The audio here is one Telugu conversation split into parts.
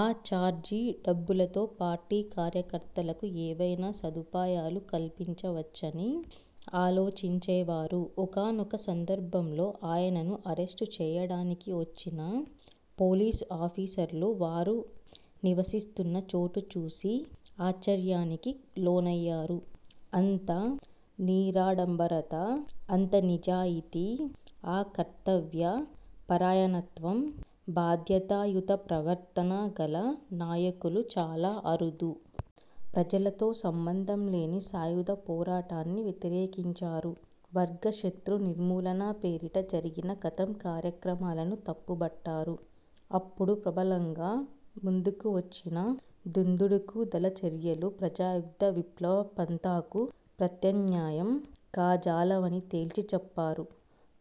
ఆ ఛార్జీ డబ్బులతో పార్టీ కార్యకర్తలకు ఏవైనా సదుపాయాలు కల్పించవచ్చని ఆలోచించేవారు. ఒకానొక సందర్భంలో ఆయనను అరెస్టు చేయడానికి వచ్చిన పోలీసు ఆఫీసర్లు వారు నివసిస్తున్న చోటుచూసి ఆశ్చర్యానికి లోనయ్యారు. అంత నిరాడంబరత, అంత నిజాయితీ, ఆ కర్తవ్య పరాయణత్వం, బాధ్యతాయుత ప్రవర్తన గల నాయకులు చాలా అరుదు. ప్రజలతో సంబంధంలేని సాయుధ పోరాటాన్ని వ్యతిరేకించారు. వర్గశతృ నిర్మూలన పేరిట జరిగిన 'ఖతం' కార్యక్రమాలను తప్పుబట్టారు. అప్పుడు ప్రబలంగా ముందుకు వచ్చిన దుందుడుకు దళ చర్యలు ప్రజాయుద్ధ విప్లవ పంథాకు ప్రత్యామ్నాయం కాజాలవని తేల్చి చెప్పారు.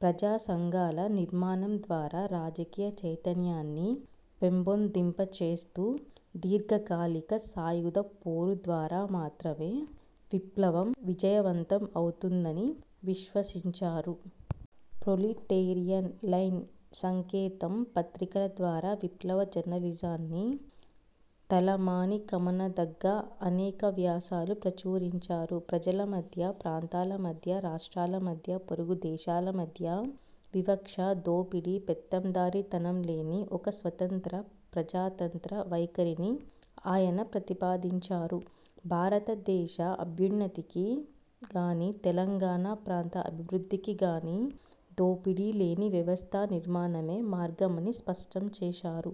ప్రజాసంఘాల నిర్మాణం ద్వారా రాజకీయ చైతన్యాన్ని పెంపొందింప చేస్తూ, దీర్ఘకాలిక సాయుధ పోరు ద్వారా మాత్రమే విప్లవం విజయవంతం అవుతుందని విశ్వసించారు. ప్రొలిటేరియన్ లైన్, సంకేతం పత్రికల ద్వారా విప్లవ జర్నలిజానికి తలమానికమనదగ్గ అనేక వ్యాసాలు ప్రచురించారు. ప్రజలమధ్య, ప్రాంతాలమధ్య, రాష్ట్రాల మధ్య, పొరుగుదేశాల మధ్య వివక్ష, దోపిడీ, పెత్తందారీ తనం లేని ఒక స్వతంత్ర ప్రజాతంత్ర వైఖరిని ఆయన ప్రతిపాదించారు. భారత దేశ అభ్యున్నతికి గానీ తెలంగాణ ప్రాంత అభివృద్ధికి గానీ దోపిడీ లేని వ్యవస్థ నిర్మాణమే మార్గమని స్పష్టం చేసారు.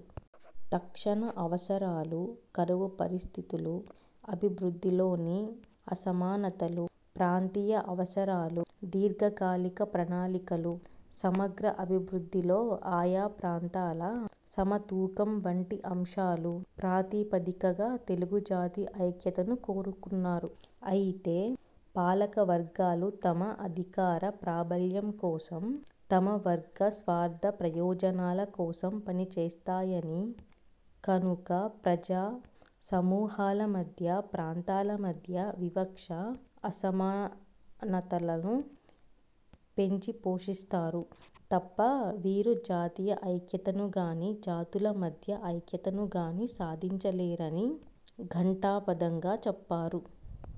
తక్షణ అవసరాలు, కరువు పరిస్థితులు, అభివృద్ధిలోని అసమానతలు, ప్రాంతీయ అవసరాలు, దీర్ఘకాలిక ప్రణాళికలు, సమగ్ర అభివృద్ధిలో ఆయా ప్రాంతాల సమతూకం వంటి అంశాలు ప్రాతిపదికగా తెలుగుజాతి ఐక్యతను కోరుకున్నారు. అయితే పాలకవర్గాలు తమ అధికార ప్రాబల్యం కోసం, తమ వర్గ స్వార్ధ ప్రయోజనాల కోసం పనిచేస్తాయని, కనుక ప్రజా సమూహాల మధ్య, ప్రాంతాల మధ్య వివక్ష, అసమానతలను పెంచిపోషిస్తారు తప్ప వీరు జాతీయ ఐక్యతను గానీ, జాతుల మధ్య ఐక్యతను గానీ సాధించలేరని ఘంటాపథంగా చెప్పారు.